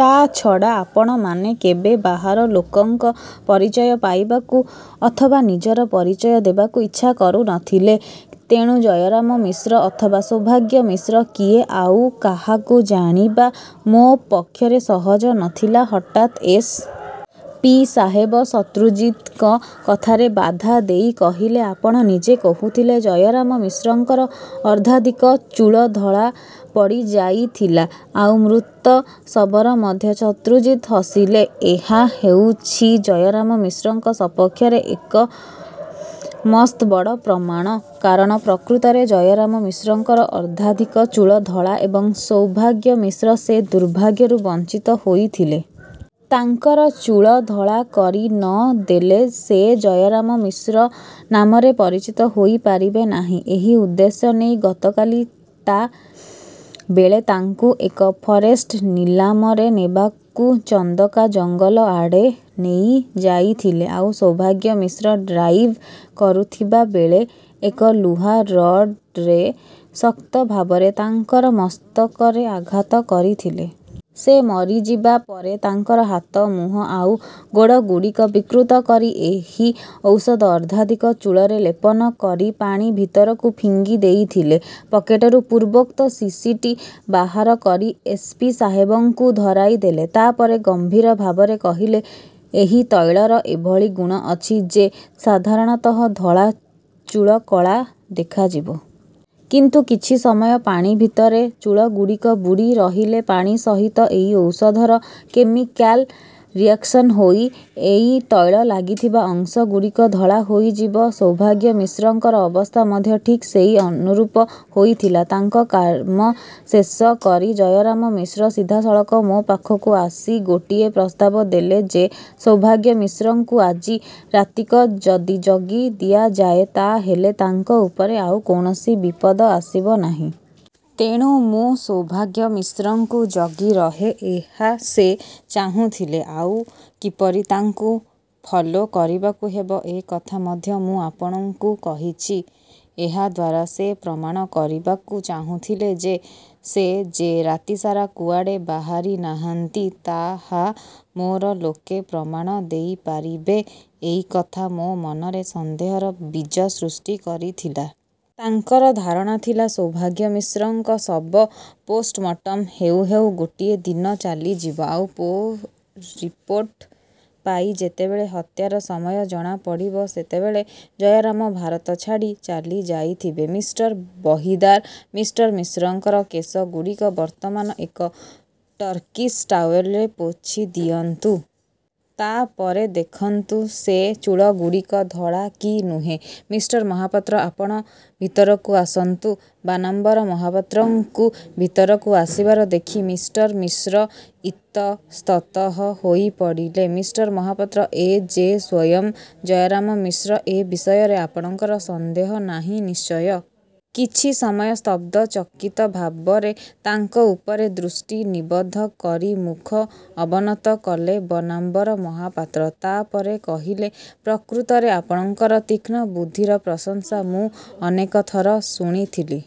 ତା' ଛଡ଼ା ଆପଣମାନେ କେବେ ବାହାର ଲୋକଙ୍କ ପରିଚୟ ପାଇବାକୁ ଅଥବା ନିଜର ପରିଚୟ ଦେବାକୁ ଇଚ୍ଛା କରୁ ନ ଥିଲେ। ତେଣୁ ଜୟରାମ ମିଶ୍ର ଅଥବା ସୌଭାଗ୍ୟ ମିଶ୍ର କିଏ ଆଉ କାହାକୁ ଜାଣିବା ମୋ ପକ୍ଷରେ ସହଜ ନ ଥିଲା। ହଠାତ୍ ଏସ୍. ପି. ସାହେବ ଶତ୍ରୁଜିତ୍ଙ୍କ କଥାରେ ବାଧା ଦେଇ କହିଲେ-ଆପଣ ନିଜେ କହୁଥିଲେ, ଜୟରାମ ମିଶ୍ରଙ୍କର ଅର୍ଦ୍ଧାଧିକ ଚୂଳ ଧଳା ପଡ଼ିଯାଇଥିଲା। ଆଉ ମୃତ ଶବର ମଧ୍ୟ ଶତ୍ରୁଜିତ୍ ହସିଲେ। ଏହା ହେଉଛି ଜୟରାମ ମିଶ୍ରଙ୍କ ସପକ୍ଷରେ ଏକ ମସ୍ତବଡ଼ ପ୍ରମାଣ-। କାରଣ ପ୍ରକୃତରେ ଜୟରାମ ମିଶ୍ରଙ୍କର ଅର୍ଦ୍ଧାଧିକ ଚୁଳ ଧଳା ଏବଂ ସୌଭାଗ୍ୟ ମିଶ୍ର ସେ ଦୁର୍ଭାଗ୍ୟରୁ ବଞ୍ଚିତ ହୋଇଥିଲେ। ତାଙ୍କର ଚୂଳ ଧଳା କରି ନ ଦେଲେ ସେ ଜୟରାମ ମିଶ୍ର ନାମରେ ପରିଚିତ ହୋଇପାରିବେ ନାହିଁ। ଏହି ଉଦ୍ଦେଶ୍ୟ ନେଇ ଗତକାଲି ଟା ବେଳେ ତାଙ୍କୁ ଏକ ଫରେଷ୍ଟ ନିଲାମରେ ନେବାକୁ ଚନ୍ଦକା ଜଙ୍ଗଲ ଆଡ଼େ ନେଇଯାଇଥିଲେ। ଆଉ ସୌଭାଗ୍ୟ ମିଶ୍ର ଡ୍ରାଇଭ୍ କରୁଥିବାବେଳେ ଏକ ଲୁହା ରଡ୍ରେ ଶକ୍ତଭାବରେ ତାଙ୍କର ମସ୍ତକରେ ଆଘାତ କରିଥିଲେ-। ସେ ମରିଯିବା ପରେ ତାଙ୍କର ହାତ, ମୁହଁ ଆଉ ଗୋଡ଼ଗୁଡ଼ିକ ବିକୃତ କରି ଏହି ଔଷଧ ଅର୍ଦ୍ଧାଧିକ ଚୂଳରେ ଲେପନ କରି ପାଣି ଭିତରକୁ ଫିଙ୍ଗିଦେଇଥିଲେ। ପକେଟରୁ ପୂର୍ବୋକ୍ତ ଶିଶିଟି ବାହାର କରି ଏସ୍. ପି. ସାହେବଙ୍କୁ ଧରାଇଦେଲେ। ତା'ପରେ ଗମ୍ଭୀର ଭାବରେ କହିଲେ-ଏହି ତୈଳର ଏଭଳି ଗୁଣ ଅଛି ଯେ ସାଧାରଣତଃ ଧଳା ଚୂଳ କଳା ଦେଖାଯିବ। କିନ୍ତୁ କିଛି ସମୟ ପାଣି ଭିତରେ ଚୂଳଗୁଡ଼ିକ ବୁଡ଼ିରହିଲେ ପାଣି ସହିତ ଏହି ଔଷଧର କେମିକ୍ୟାଲ୍ ରିଏକ୍ସନ୍ହୋଇ ଏଇ ତୈଳ ଲାଗିଥିବା ଅଂଶଗୁଡ଼ିକ ଧଳା ହୋଇଯିବ। ସୌଭାଗ୍ୟ ମିଶ୍ରଙ୍କର ଅବସ୍ଥା ମଧ୍ୟ ଠିକ୍ ସେଇ ଅନୁରୂପ ହୋଇଥିଲା। ତାଙ୍କ କାମ ଶେଷ କରି ଜୟରାମ ମିଶ୍ର ସିଧାସଳଖ ମୋ ପାଖକୁ ଆସି ଗୋଟିଏ ପ୍ରସ୍ତାବ ଦେଲେ ଯେ ସୌଭାଗ୍ୟ ମିଶ୍ରଙ୍କୁ ଆଜି ରାତିକ ଯଦି ଜଗି ଦିଆଯାଏ, ତା'ହେଲେ ତାଙ୍କ ଉପରେ ଆଉ କୌଣସି ବିପଦ ଆସିବ ନାହିଁ। ତେଣୁ ମୁଁ ସୌଭାଗ୍ୟ ମିଶ୍ରଙ୍କୁ ଜଗିରହେଁ ଏହା ସେ ଚାହୁଥିଲେ। ଆଉ କିପରି ତାଙ୍କୁ ଫଲୋ କରିବାକୁ ହେବ ଏକଥା ମଧ୍ୟ ମୁଁ ଆପଣଙ୍କୁ କହିଛି। ଏହାଦ୍ୱାରା ସେ ପ୍ରମାଣ କରିବାକୁ ଚାହୁଁଥିଲେ ଯେ ସେ ଯେ ରାତିସାରା କୁଆଡ଼େ ବାହାରିନାହାନ୍ତି, ତାହା ମୋର ଲୋକେ ପ୍ରମାଣ ଦେଇପାରିବେ ଏଇକଥା ମୋ ମନରେ ସନ୍ଦେହର ବୀଜ ସୃଷ୍ଟି କରିଥିଲା। ତାଙ୍କର ଧାରଣା ଥିଲା ସୌଭାଗ୍ୟ ମିଶ୍ରଙ୍କ ଶବ ପୋଷ୍ଠମୋଟମ ହେଉ ହେଉ ଗୋଟିଏ ଦିନ ଚାଲିଯିବ। ଆଉ ରିପୋର୍ଟ ପାଇ ଯେତେବେଳେ ହତ୍ୟାର ସମୟ ଜଣାପଡ଼ିବ ସେତେବେଳେ ଜୟରାମ ଭାରତ ଛାଡ଼ି ଚାଲିଯାଇଥିବେ। ମିଷ୍ଟର ବହିଦାର! ମିଷ୍ଟର ମିଶ୍ରଙ୍କର କେଶଗୁଡ଼ିକ ବର୍ତ୍ତମାନ ଏକ ଟର୍କିସ ଟାଓ୍ୱେଲରେ ପୋଛିଦିଅନ୍ତୁ। ତା' ପରେ ଦେଖନ୍ତୁ ସେ ଚୂଳଗୁଡ଼ିକ ଧଳା କି ନୁହେଁ। ମିଷ୍ଟର ମହାପାତ୍ର! ଆପଣ ଭିତରକୁ ଆସନ୍ତୁ। ବାନାମ୍ବର ମହାପାତ୍ରଙ୍କୁ ଭିତରକୁ ଆସିବାର ଦେଖି ମିଷ୍ଟର ମିଶ୍ର ଇତସ୍ତତଃ ହୋଇପଡ଼ିଲେ। ମିଷ୍ଟର ମହାପାତ୍ର! ଏ ଯେ ସ୍ୱୟଂ ଜୟରାମ ମିଶ୍ର ଏ ବିଷୟରେ ଆପଣଙ୍କର ସନ୍ଦେହ ନାହିଁ ନିଶ୍ଚୟ? କିଛି ସମୟ ସ୍ତବ୍ଧ ଚକିତ ଭାବରେ ତାଙ୍କ ଉପରେ ଦୃଷ୍ଟି ନିବଦ୍ଧ କରି ମୁଖ ଅବନତ କଲେ ବନାମ୍ବର ମହାପାତ୍ର। ତା'ପରେ କହିଲେ-ପ୍ରକୃତରେ ଆପଣଙ୍କର ତୀକ୍ଷ୍ଣ ବୁଦ୍ଧିର ପ୍ରଶଂସା ମୁଁ ଅନେକଥର ଶୁଣିଥିଲି,